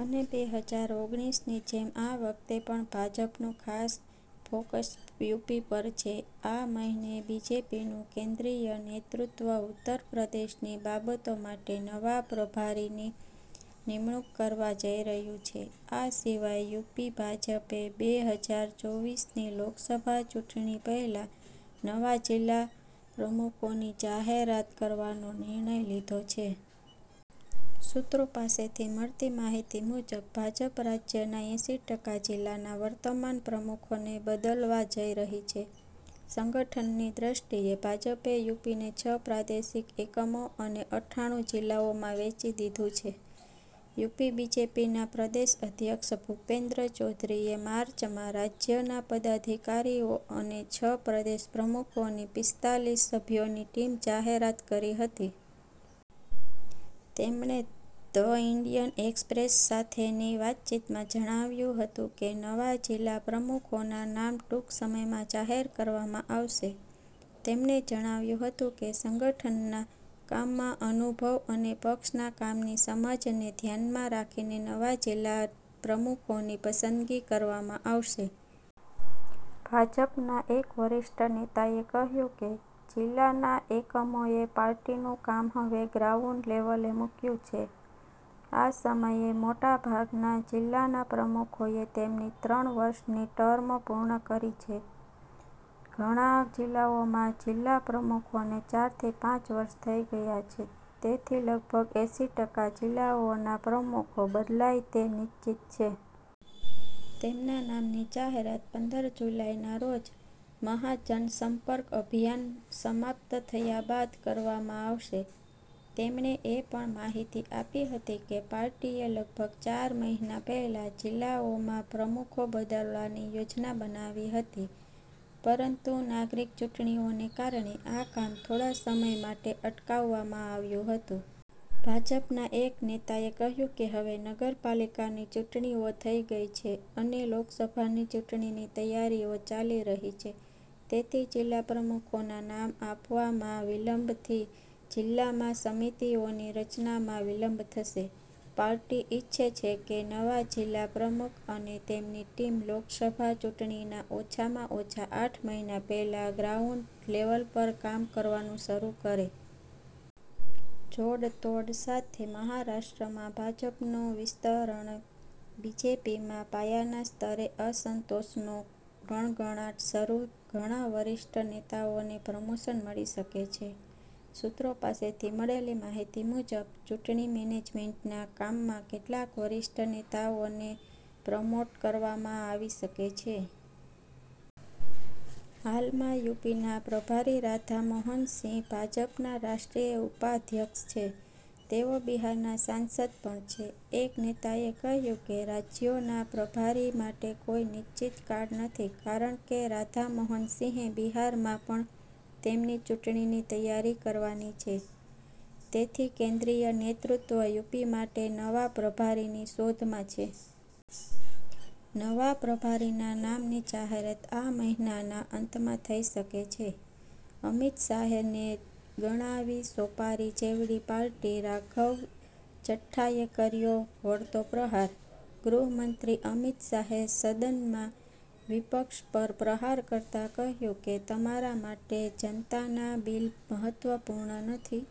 અને બે હજાર ઓગણીસની જેમ આ વખતે પણ ભાજપનું ખાસ ફોકસ યુપી પર છે. આ મહિને બીજેપીનું કેન્દ્રીય નેતૃત્વ ઉત્તર પ્રદેશની બાબતો માટે નવા પ્રભારીની નિમણૂક કરવા જઈ રહ્યું છે. આ સિવાય યુપી ભાજપે બે હજાર ચોવીસની લોકસભા ચૂંટણી પહેલા નવા જિલ્લા પ્રમુખોની જાહેરાત કરવાનો નિર્ણય લીધો છે. સૂત્રો પાસેથી મળતી માહિતી મુજબ, ભાજપ રાજ્યના એંસી ટકા જિલ્લાના વર્તમાન પ્રમુખોને બદલવા જઈ રહી છે. સંગઠનની દૃષ્ટિએ ભાજપે યુપીને છ પ્રાદેશિક એકમો અને અઠ્ઠાણું જિલ્લાઓમાં વહેંચી દીધું છે. યુપી બીજેપીના પ્રદેશ અધ્યક્ષ ભૂપેન્દ્ર ચૌધરીએ માર્ચમાં રાજ્યના પદાધિકારીઓ અને છ પ્રદેશ પ્રમુખોની પિસ્તાલીસ સભ્યોની ટીમની જાહેરાત કરી હતી. તેમણે ધ ઈન્ડિયન એક્સપ્રેસ સાથેની વાતચીતમાં જણાવ્યું હતું કે, નવા જિલ્લા પ્રમુખોના નામ ટૂંક સમયમાં જાહેર કરવામાં આવશે. તેમણે જણાવ્યું હતું કે, સંગઠનના કામમાં અનુભવ અને પક્ષના કામની સમજને ધ્યાનમાં રાખીને નવા જિલ્લા પ્રમુખોની પસંદગી કરવામાં આવશે. ભાજપના એક વરિષ્ઠ નેતાએ કહ્યું કે, જિલ્લાના એકમોએ પાર્ટીનું કામ હવે ગ્રાઉન્ડ લેવલે મૂક્યું છે. આ સમયે મોટાભાગના જિલ્લાના પ્રમુખોએ તેમની ત્રણ વર્ષની ટર્મ પૂર્ણ કરી છે. ઘણા જિલ્લાઓમાં જિલ્લા પ્રમુખોને ચાર થી પાંચ વર્ષ થઈ ગયા છે, તેથી લગભગ એંસી ટકા જિલ્લાઓના પ્રમુખો બદલાય તે નિશ્ચિત છે. તેમના નામની જાહેરાત પંદર જુલાઈના રોજ 'મહાજન સંપર્ક અભિયાન' સમાપ્ત થયા બાદ કરવામાં આવશે. તેમણે એ પણ માહિતી આપી હતી કે, પાર્ટીએ લગભગ ચાર મહિના પહેલા જિલ્લાઓમાં પ્રમુખો બદલવાની યોજના બનાવી હતી, પરંતુ નાગરિક ચૂંટણીઓને કારણે, આ કામ થોડા સમય માટે અટકાવવામાં આવ્યું હતું. ભાજપના એક નેતાએ કહ્યું કે, હવે નગરપાલિકાની ચૂંટણીઓ થઈ ગઈ છે અને લોકસભાની ચૂંટણીની તૈયારીઓ ચાલી રહી છે, તેથી જિલ્લા પ્રમુખોના નામ આપવામાં વિલંબથી જિલ્લામાં સમિતિઓની રચનામાં વિલંબ થશે. પાર્ટી ઈચ્છે છે કે, નવા જિલ્લા પ્રમુખ અને તેમની ટીમ લોકસભા ચૂંટણીના ઓછામાં ઓછા આઠ મહિના પહેલા ગ્રાઉન્ડ લેવલ પર કામ કરવાનું શરૂ કરે. 'જોડ-તોડ' સાથે મહારાષ્ટ્રમાં ભાજપનું વિસ્તરણ, બીજેપીમાં પાયાના સ્તરે અસંતોષનો ગણગણાટ શરૂ, ઘણા વરિષ્ઠ નેતાઓને પ્રમોશન મળી શકે છે. સૂત્રો પાસેથી મળેલી માહિતી મુજબ, ચૂંટણી મેનેજમેન્ટના કામમાં કેટલાક વરિષ્ઠ નેતાઓને પ્રમોટ કરવામાં આવી શકે છે. હાલમાં યુપીના પ્રભારી રાધા મોહન સિંહ ભાજપના રાષ્ટ્રીય ઉપાધ્યક્ષ છે. તેઓ બિહારના સાંસદ પણ છે. એક નેતાએ કહ્યું કે, રાજ્યોના પ્રભારી માટે કોઈ નિશ્ચિત કાર્યકાળ નથી કારણ કે, રાધા મોહન સિંહે બિહારમાં પણ તેમની ચૂંટણીની તૈયારી કરવાની છે, તેથી કેન્દ્રીય નેતૃત્વ યુપી માટે નવા પ્રભારીની શોધમાં છે. નવા પ્રભારીના નામની જાહેરાત આ મહિનાના અંતમાં થઈ શકે છે. અમિત શાહે ને ગણાવી સોપારી જેવડી પાર્ટી, રાઘવ ચઠ્ઠાએ કર્યો વળતો પ્રહાર: ગૃહમંત્રી અમિત શાહે સદનમાં વિપક્ષ પર પ્રહાર કરતા કહ્યું કે તમારા માટે જનતાના બિલ મહત્વપૂર્ણ નથી.